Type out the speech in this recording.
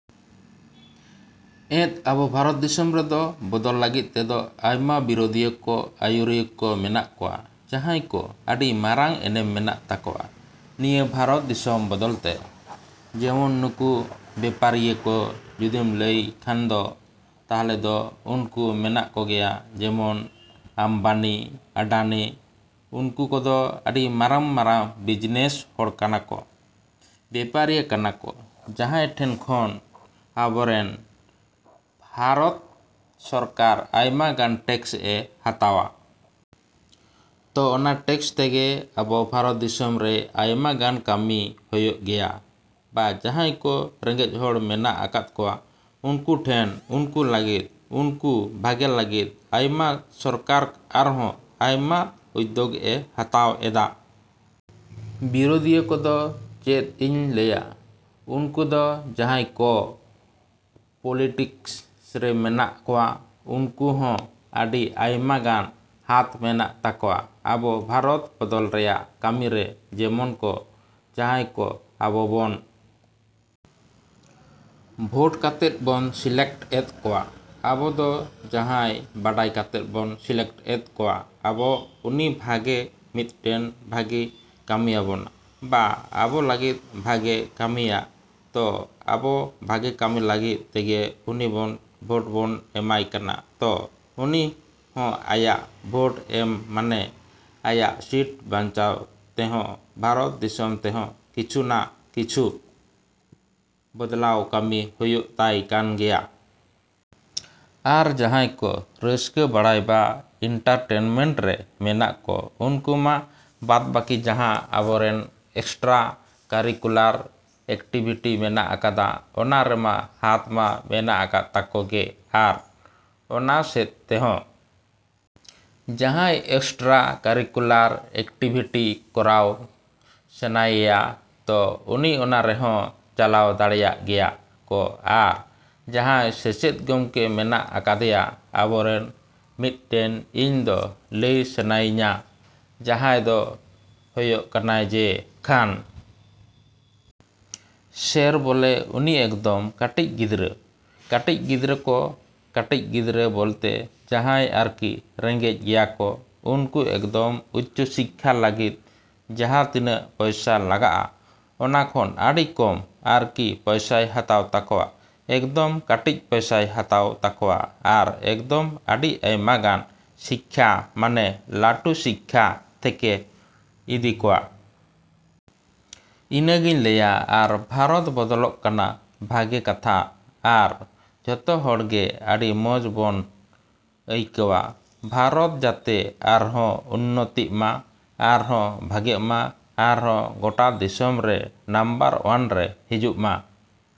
ᱮᱸᱫ ᱟᱵᱚ ᱵᱷᱟᱨᱚᱛ ᱫᱤᱥᱚᱢ ᱨᱮᱫᱚ ᱵᱚᱫᱚᱞ ᱞᱟᱹᱜᱤᱫ ᱛᱮᱫᱚ ᱟᱭᱢᱟ ᱵᱤᱨᱳᱫᱤᱭᱟᱹ ᱠᱚ, ᱟᱹᱭᱩᱨᱤᱭᱟᱹ ᱠᱚ ᱢᱮᱱᱟᱜ ᱠᱚᱣᱟ ᱡᱟᱦᱟᱸᱭ ᱠᱚ ᱟᱹᱰᱤ ᱢᱟᱨᱟᱝ ᱮᱱᱮᱢ ᱢᱮᱱᱟᱜ ᱛᱟᱠᱚᱣᱟ ᱱᱤᱭᱟᱹ ᱵᱷᱟᱨᱚᱛ ᱫᱤᱥᱚᱢ ᱵᱚᱫᱚᱞ ᱛᱮ ᱾ ᱡᱮᱢᱚᱱ ᱱᱩᱠᱩ ᱵᱮᱯᱟᱨᱤᱭᱟᱹ ᱠᱚ ᱡᱩᱫᱤᱢ ᱞᱟᱹᱭ ᱠᱷᱟᱱ ᱫᱚ ᱛᱟᱦᱚᱞᱮ ᱫᱚ ᱩᱱᱠᱩ ᱢᱮᱱᱟᱜ ᱠᱚᱜᱮᱭᱟ ᱡᱮᱢᱚᱱ ᱟᱢᱵᱟᱱᱤ, ᱟᱰᱟᱱᱤ ᱩᱱᱠᱩ ᱠᱚᱫᱚ ᱟᱹᱰᱤ ᱢᱟᱨᱟᱝᱼᱢᱟᱨᱟᱝ ᱵᱤᱡᱽᱱᱮᱥ ᱦᱚᱲ ᱠᱟᱱᱟ ᱠᱚ, ᱵᱮᱯᱟᱨᱤᱭᱟᱹ ᱠᱟᱱᱟ ᱠᱚ ᱡᱟᱦᱟᱸᱭ ᱴᱷᱮᱱ ᱠᱷᱚᱱ ᱟᱵᱚᱨᱮᱱ ᱵᱷᱟᱨᱚᱛ ᱥᱚᱨᱠᱟᱨ ᱟᱭᱢᱟ ᱜᱟᱱ ᱴᱮᱠᱥ ᱮ ᱦᱟᱛᱟᱣᱟ᱾ ᱛᱚ ᱚᱱᱟ ᱴᱮᱠᱥ ᱛᱮᱜᱮ ᱟᱵᱚ ᱵᱷᱟᱨᱚᱛ ᱫᱤᱥᱚᱢ ᱨᱮ ᱟᱭᱢᱟ ᱜᱟᱱ ᱠᱟᱹᱢᱤ ᱦᱚᱭᱚᱜ ᱜᱮᱭᱟ ᱵᱟ ᱡᱟᱦᱟᱸᱭ ᱠᱚ ᱨᱮᱸᱜᱮᱡ ᱦᱚᱲ ᱢᱮᱱᱟᱜ ᱟᱠᱟᱫ ᱠᱚᱣᱟ ᱩᱱᱠᱩ ᱴᱷᱮᱱ, ᱩᱱᱠᱩ ᱞᱟᱹᱜᱤᱫ, ᱩᱱᱠᱩ ᱵᱷᱟᱜᱮ ᱞᱟᱹᱜᱤᱫ ᱟᱭᱢᱟ ᱥᱚᱨᱠᱟᱨ ᱟᱨᱦᱚᱸ ᱟᱭᱢᱟ ᱩᱫᱽᱫᱳᱜᱽ ᱮ ᱦᱟᱛᱟᱣ ᱮᱫᱟ᱾ ᱵᱤᱨᱳᱫᱤᱭᱟᱹ ᱠᱚᱫᱚ ᱪᱮᱫ ᱤᱧ ᱞᱟᱹᱭᱟ? ᱩᱱᱠᱩ ᱫᱚ ᱡᱟᱦᱟᱸᱭ ᱠᱚ ᱯᱚᱞᱤᱴᱤᱠᱥ ᱨᱮ ᱦᱮᱱᱟᱜ ᱠᱚᱣᱟ ᱩᱱᱠᱩ ᱦᱚᱸ ᱟᱹᱰᱤ ᱟᱭᱢᱟ ᱜᱟᱱ ᱦᱟᱛ ᱢᱮᱱᱟᱜ ᱛᱟᱠᱚᱣᱟ ᱟᱵᱚ ᱵᱷᱟᱨᱚᱛ ᱵᱚᱫᱚᱞ ᱨᱮᱭᱟᱜ ᱠᱟᱹᱢᱤ ᱨᱮ ᱡᱮᱢᱚᱱ ᱠᱚ ᱡᱟᱦᱟᱸᱭ ᱠᱚ ᱟᱵᱚ ᱵᱚᱱ ᱵᱷᱳᱴ ᱠᱟᱛᱮᱫ ᱵᱚᱱ ᱥᱤᱞᱮᱠᱴ ᱮᱫ ᱠᱚᱣᱟ, ᱟᱵᱚ ᱫᱚ ᱡᱟᱦᱟᱸᱭ ᱵᱟᱰᱟᱭ ᱠᱟᱛᱮᱫ ᱵᱚᱱ ᱥᱤᱞᱮᱠᱴ ᱮᱫ ᱠᱚᱣᱟ ᱟᱵᱚ ᱩᱱᱤ ᱵᱷᱟᱜᱮ ᱢᱤᱫᱴᱮᱱ ᱵᱷᱟᱹᱜᱤ ᱠᱟᱹᱢᱤᱭᱟᱵᱚᱱᱟ ᱵᱟ ᱟᱵᱚ ᱞᱟᱹᱜᱤᱫ ᱵᱷᱟᱹᱜᱮ ᱠᱟᱹᱢᱤᱭᱟ ᱛᱚ ᱟᱵᱚ ᱵᱷᱟᱜᱮ ᱠᱟᱹᱢᱤ ᱞᱟᱹᱜᱤᱫ ᱛᱮᱜᱮ ᱩᱱᱤ ᱵᱚᱱ ᱵᱷᱳᱴ ᱵᱚᱱ ᱮᱢᱟᱭ ᱠᱟᱱᱟ ᱛᱚ ᱩᱱᱤ ᱦᱚᱸ ᱟᱭᱟᱜ ᱵᱷᱳᱴ ᱮᱢ ᱢᱟᱱᱮ ᱟᱭᱟᱜ ᱥᱤᱴ ᱵᱟᱧᱪᱟᱣ ᱛᱮᱦᱚᱸ ᱵᱷᱟᱨᱚᱛ ᱫᱤᱥᱚᱢ ᱛᱮᱦᱚᱸ ᱠᱤᱪᱷᱩ ᱱᱟ ᱠᱤᱪᱷᱩ ᱵᱚᱫᱽᱞᱟᱣ ᱠᱟᱹᱢᱤ ᱦᱚᱭᱚᱜ ᱛᱟᱭ ᱠᱟᱱ ᱜᱮᱭᱟ᱾ ᱟᱨ ᱡᱟᱸᱦᱟᱭ ᱠᱚ ᱨᱟᱹᱥᱠᱟᱹ ᱵᱟᱲᱟᱭ ᱵᱟ ᱮᱱᱴᱟᱨᱴᱮᱱᱢᱮᱱᱴ ᱨᱮ ᱢᱮᱱᱟᱜ ᱠᱚ ᱩᱱᱠᱩ ᱢᱟ ᱵᱟᱫᱽ ᱵᱟᱠᱤ ᱡᱟᱦᱟᱸ ᱟᱵᱚᱨᱮᱱ ᱮᱠᱥᱴᱨᱟ ᱠᱟᱨᱤᱠᱩᱞᱟᱨ ᱮᱠᱴᱤᱵᱷᱤᱴᱤ ᱢᱮᱱᱟᱜ ᱟᱠᱟᱫᱟ ᱚᱱᱟ ᱨᱮᱢᱟ ᱦᱟᱛ ᱢᱟ ᱢᱮᱱᱟᱜ ᱟᱠᱟᱫ ᱛᱟᱠᱚ ᱜᱮ ᱟᱨ ᱚᱱᱟ ᱥᱮᱫ ᱛᱮᱦᱚᱸ ᱡᱟᱸᱦᱟᱭ ᱮᱠᱥᱴᱨᱟ ᱠᱟᱨᱤᱠᱩᱞᱟᱨ ᱮᱠᱴᱤᱵᱷᱤᱴᱤ ᱠᱚᱨᱟᱣ ᱥᱟᱱᱟᱭᱮᱭᱟ ᱛᱚ ᱩᱱᱤ ᱚᱱᱟ ᱨᱮᱦᱚᱸ ᱪᱟᱞᱟᱣ ᱫᱟᱲᱮᱭᱟᱜ ᱜᱮᱭᱟ ᱠᱚ ᱟᱨ ᱡᱟᱦᱟᱭ ᱥᱮᱪᱮᱫ ᱜᱚᱢᱠᱮ ᱢᱮᱱᱟᱜ ᱟᱠᱟᱫᱮᱭᱟ ᱟᱵᱚᱨᱮᱱ ᱢᱤᱫ ᱴᱮᱱ ᱤᱧ ᱫᱚ ᱞᱟᱹᱭ ᱥᱟᱱᱟᱭᱤᱧᱟ ᱡᱟᱦᱟᱭ ᱫᱚ ᱦᱚᱭᱚᱜ ᱠᱟᱱᱟᱭ ᱡᱮ ᱠᱷᱟᱱ ᱥᱮᱨ ᱵᱚᱞᱮ ᱩᱱᱤ ᱮᱠᱫᱚᱢ ᱠᱟᱹᱴᱤᱡ ᱜᱤᱫᱽᱨᱟᱹ, ᱠᱟᱹᱴᱤᱡ ᱜᱤᱫᱽᱨᱟᱹ ᱠᱚ, ᱠᱟᱹᱴᱤᱡ ᱜᱤᱫᱽᱨᱟᱹ ᱵᱚᱞᱛᱮ ᱡᱟᱦᱟᱭ ᱟᱨᱠᱤ ᱨᱮᱸᱜᱮᱡ ᱜᱮᱭᱟᱠᱚ ᱩᱱᱠᱩ ᱮᱠᱫᱚᱢ ᱩᱪᱪᱚ ᱥᱤᱠᱠᱷᱟ ᱞᱟᱹᱜᱤᱫ ᱡᱟᱦᱟ ᱛᱤᱱᱟᱹᱜ ᱯᱚᱭᱥᱟ ᱞᱟᱜᱟᱜᱼᱟ ᱚᱱᱟ ᱠᱷᱚᱱ ᱟᱹᱰᱤ ᱠᱚᱢ ᱟᱨᱠᱤ ᱯᱚᱭᱥᱟᱭ ᱦᱟᱛᱟᱣ ᱛᱟᱠᱚᱣᱟ ᱮᱠᱫᱚᱢ ᱠᱟᱹᱴᱤᱡ ᱯᱚᱭᱥᱟᱭ ᱦᱟᱛᱟᱣ ᱛᱟᱠᱚᱣᱟ ᱟᱨ ᱮᱠᱫᱚᱢ ᱟᱹᱰᱤ ᱟᱭᱢᱟ ᱜᱟᱱ ᱥᱤᱠᱠᱷᱟ ᱢᱟᱱᱮ ᱞᱟᱹᱴᱩ ᱥᱤᱠᱠᱷᱟ ᱛᱷᱮᱠᱮ ᱤᱫᱤ ᱠᱚᱣᱟ᱾ ᱤᱱᱟᱹᱜᱤᱧ ᱞᱟᱹᱭᱟ ᱟᱨ ᱵᱷᱟᱨᱚᱛ ᱵᱚᱫᱚᱞᱚᱜ ᱠᱟᱱᱟ ᱵᱷᱟᱹᱜᱮ ᱠᱟᱛᱷᱟ ᱟᱨ ᱡᱷᱚᱛᱚ ᱦᱚᱲ ᱜᱮ ᱟᱹᱰᱤ ᱢᱚᱸᱡᱽ ᱵᱚᱱ ᱟᱹᱭᱠᱟᱹᱣᱟ ᱵᱷᱟᱨᱚᱛ ᱡᱟᱛᱮ ᱟᱨᱦᱚᱸ ᱩᱱᱱᱚᱛᱤᱜᱼᱢᱟ, ᱟᱨᱦᱚᱸ ᱵᱷᱟᱜᱮᱜ ᱢᱟ, ᱟᱨᱦᱚ ᱜᱳᱴᱟ ᱫᱤᱥᱚᱢ ᱨᱮ ᱱᱟᱢᱵᱟᱨ ᱚᱣᱟᱱ ᱨᱮ ᱦᱤᱡᱩᱜ ᱢᱟ᱾।